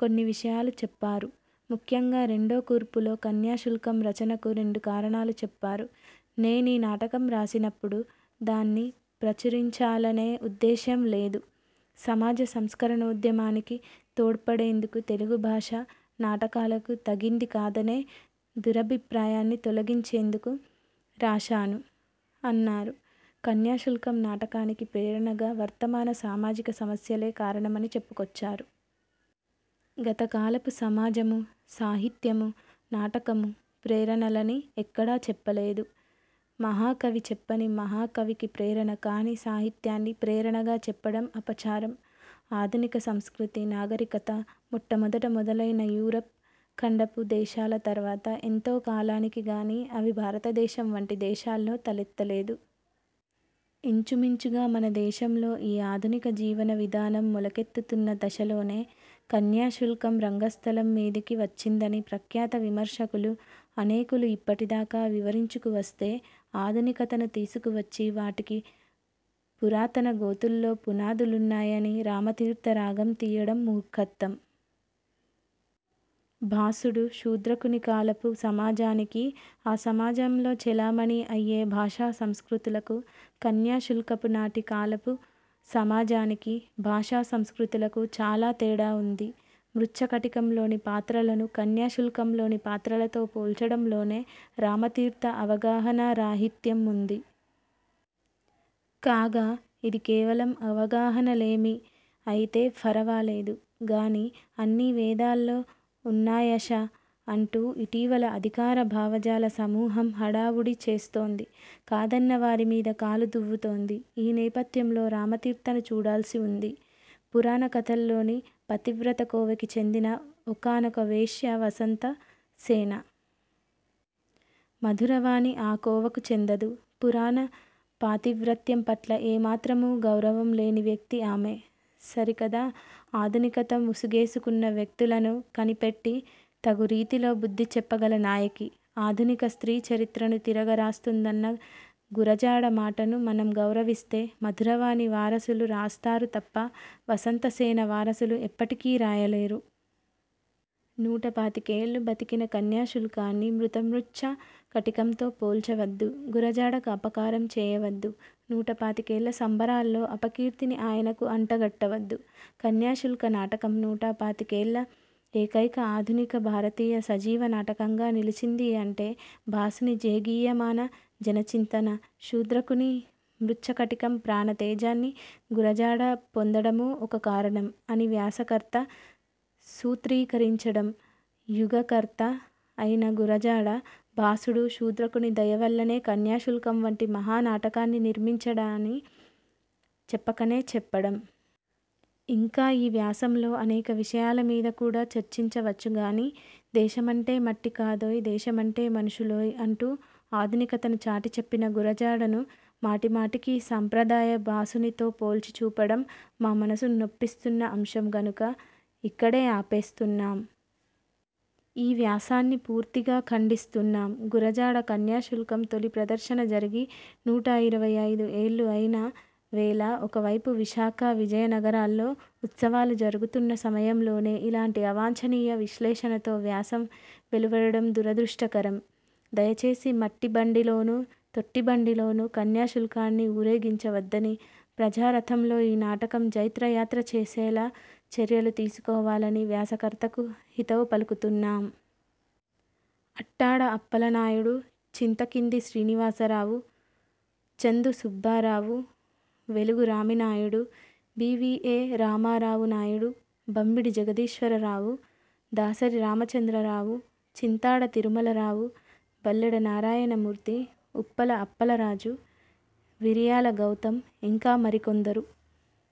కొన్ని విషయాలూ చెప్పారు. ముఖ్యంగా రెండో కూర్పులో కన్యా శుల్కం రచనకు రెండు కారణాలు చెప్పారు నేనీ నాటకం రాసినప్పుడు దాన్ని ప్రచురించాలనే ఉద్దేశ్యం లేదు. సమాజ సంస్కరణోద్యమానికి తోడ్పడేందుకు, తెలుగు భాష నాటకాలకు తగింది కాదనే దురభి ప్రాయాన్ని తొలగించేందుకు రాశాను. అన్నారు. కన్యా శుల్కం నాటకానికి ప్రేరణగా వర్తమాన సామాజిక సమస్యలే కారణమని చెప్పు కొచ్చారు. గత కాలపు సమాజము, సాహిత్యము, నాటకము ప్రేరణలని ఎక్కడా చెప్పలేదు. మహాకవి చెప్పని, మహాకవికి ప్రేరణకాని సాహిత్యాన్ని ప్రేరణగా చెప్పడం అపచారం. ఆధునిక సంస్కృతి, నాగరికత మొట్ట మొదట మొదలైన యూరప్ ఖండపు దేశాల తర్వాత ఎంతో కాలానికి గానీ, అవి భారత దేశం వంటి దేశాల్లో తలెత్త లేదు. ఇంచు మించుగా మన దేశంలో ఈ ఆధునిక జీవన విధానం మొల కెత్తుతున్న దశలోనే, కన్యా శుల్కం రంగ స్థలం మీదికి వచ్చిందని ప్రఖ్యాత విమర్శకులు అనేకులు ఇప్పటి దాకా వివరించుకు వస్తే, ఆధునికతను తీసుకు వచ్చి వాటికి పురాతన గోతుల్లో పునాదులున్నాయని రామతీర్థ రాగం తీయడం మూర్ఖత్వం. భాసుడు, శూద్రకుని కాలపు సమాజానికీ, ఆ సమాజంలో చెలామణీ అయ్యే భాషా సంస్కృతులకు, కన్యా శుల్కపు నాటి కాలపు సమాజానికి, భాషా సంస్కృతులకూ చాలా తేడా ఉంది. మృచ్ఛ కటికం లోని పాత్రలను కన్యా శుల్కంలోని పాత్రలతో పోల్చడం లోనే రామతీర్థ అవగాహనా రాహిత్యం ఉంది. కాగా, ఇది కేవలం అవగాహన లేమి అయితే ఫరవాలేదు గానీ, అన్నీ వేదాల్లో ఉన్నాయష, అంటూ ఇటీవల అధికార భావజాల సమూహం హడావుడి చేస్తోంది. కాదన్న వారి మీద కాలు దువ్వుతోంది. ఈ నేపథ్యంలో రామతీర్థను చూడాల్సి ఉంది. పురాణ కథల్లోని పతివ్రత కోవకి చెందిన ఒకానొక వేశ్య వసంత సేన. మధుర వాణి ఆ కోవకు చెందదు. పురాణ పాతివ్రత్యం పట్ల ఏ మాత్రమూ గౌరవం లేని వ్యక్తి ఆమె. సరికదా, ఆధునికత ముసుగేసుకున్న వ్యక్తులను కని పెట్టి తగురీతిలో బుద్ధి చెప్పగల నాయకి. ఆధునిక స్త్రీ చరిత్రను తిరగ రాస్తుందన్న గురజాడ మాటను మనం గౌరవిస్తే, మధుర వాణి వారసులు రాస్తా రు తప్ప, వసంత సేన వారసులు ఎప్పటికీ రాయలేరు. నూట పాతికేళ్లు బతికిన కన్యా శుల్కాన్ని మృత మృచ్ఛ కటికంతో పోల్చవద్దు. గుర జాడకు అపకారం చేయవద్దు. నూట పాతికేళ్ల సంబరాల్లో అపకీర్తిని ఆయనకు అంట గట్టవద్దు. కన్యాశుల్క నాటకం నూటపాతికేళ్ల ఏకైక ఆధునిక భారతీయ సజీవ నాటకంగా నిలిచిందీ అంటే, భాసుని జేగీయమాన జన చింతన, శూద్రకుని మృచ్ఛ కటికం ప్రాణ తేజాన్ని గురజాడ పొందడమూ ఒక కారణం, అని వ్యాసకర్త సూత్రీకరించడం, యుగకర్త అయిన గురజాడ, భాసుడు, శూద్రకుని దయ వల్లనే కన్యాశుల్కం వంటి మహా నాటకాన్ని నిర్మించాడని చెప్పకనే చెప్పడం. ఇంకా ఈ వ్యాసంలో అనేక విషయాల మీద కూడా చర్చించ వచ్చు గానీ, దేశమంటే మట్టి కాదోయ్, దేశమంటే మనుషు లోయ్ అంటూ ఆధునికతను చాటి చెప్పిన గురజాడను మాటి మాటికీ సంప్రదాయ భాసునితో పోల్చి చూపడం మా మనసును నొప్పిస్తున్న అంశం గనుక ఇక్కడే ఆపేస్తున్నాం. ఈ వ్యాసాన్ని పూర్తిగా ఖండిస్తున్నాం. గురజాడ కన్యా శుల్కం తొలి ప్రదర్శన జరిగి నూట ఇరవై ఐదు ఏళ్లు అయిన వేళ ఒకవైపు విశాఖ, విజయ నగరాల్లో ఉత్సవాలు జరుగుతున్న సమయం లోనే ఇలాంటి అవాంఛనీయ విశ్లేషణతో వ్యాసం వెలువడటం దురదృష్ట కరం. దయ చేసి మట్టి బండిలోనూ, తొట్టి బండిలోనూ కన్యా శుల్కాన్ని ఊరేగించ వద్దని, ప్రజా రథంలో ఈ నాటకం జైత్రయాత్ర చేసేలా చర్యలు తీసుకోవాలని వ్యాస కర్తకు హితవు పలుకుతున్నాం. అట్టాడ అప్పల నాయుడు, చింత కింది Srinivasarao, Chandu Subbarao, Velugu Raminaidu, B. V. A. Ramarao Naidu, Bammidi Jagadeeswara Rao, Dasari Ramachandra Rao, Chintada Tirumala Rao, Balleda Narayana Murthy, Uppala Appala Raju, Viriyala Gautam ఇంకా మరికొందరు.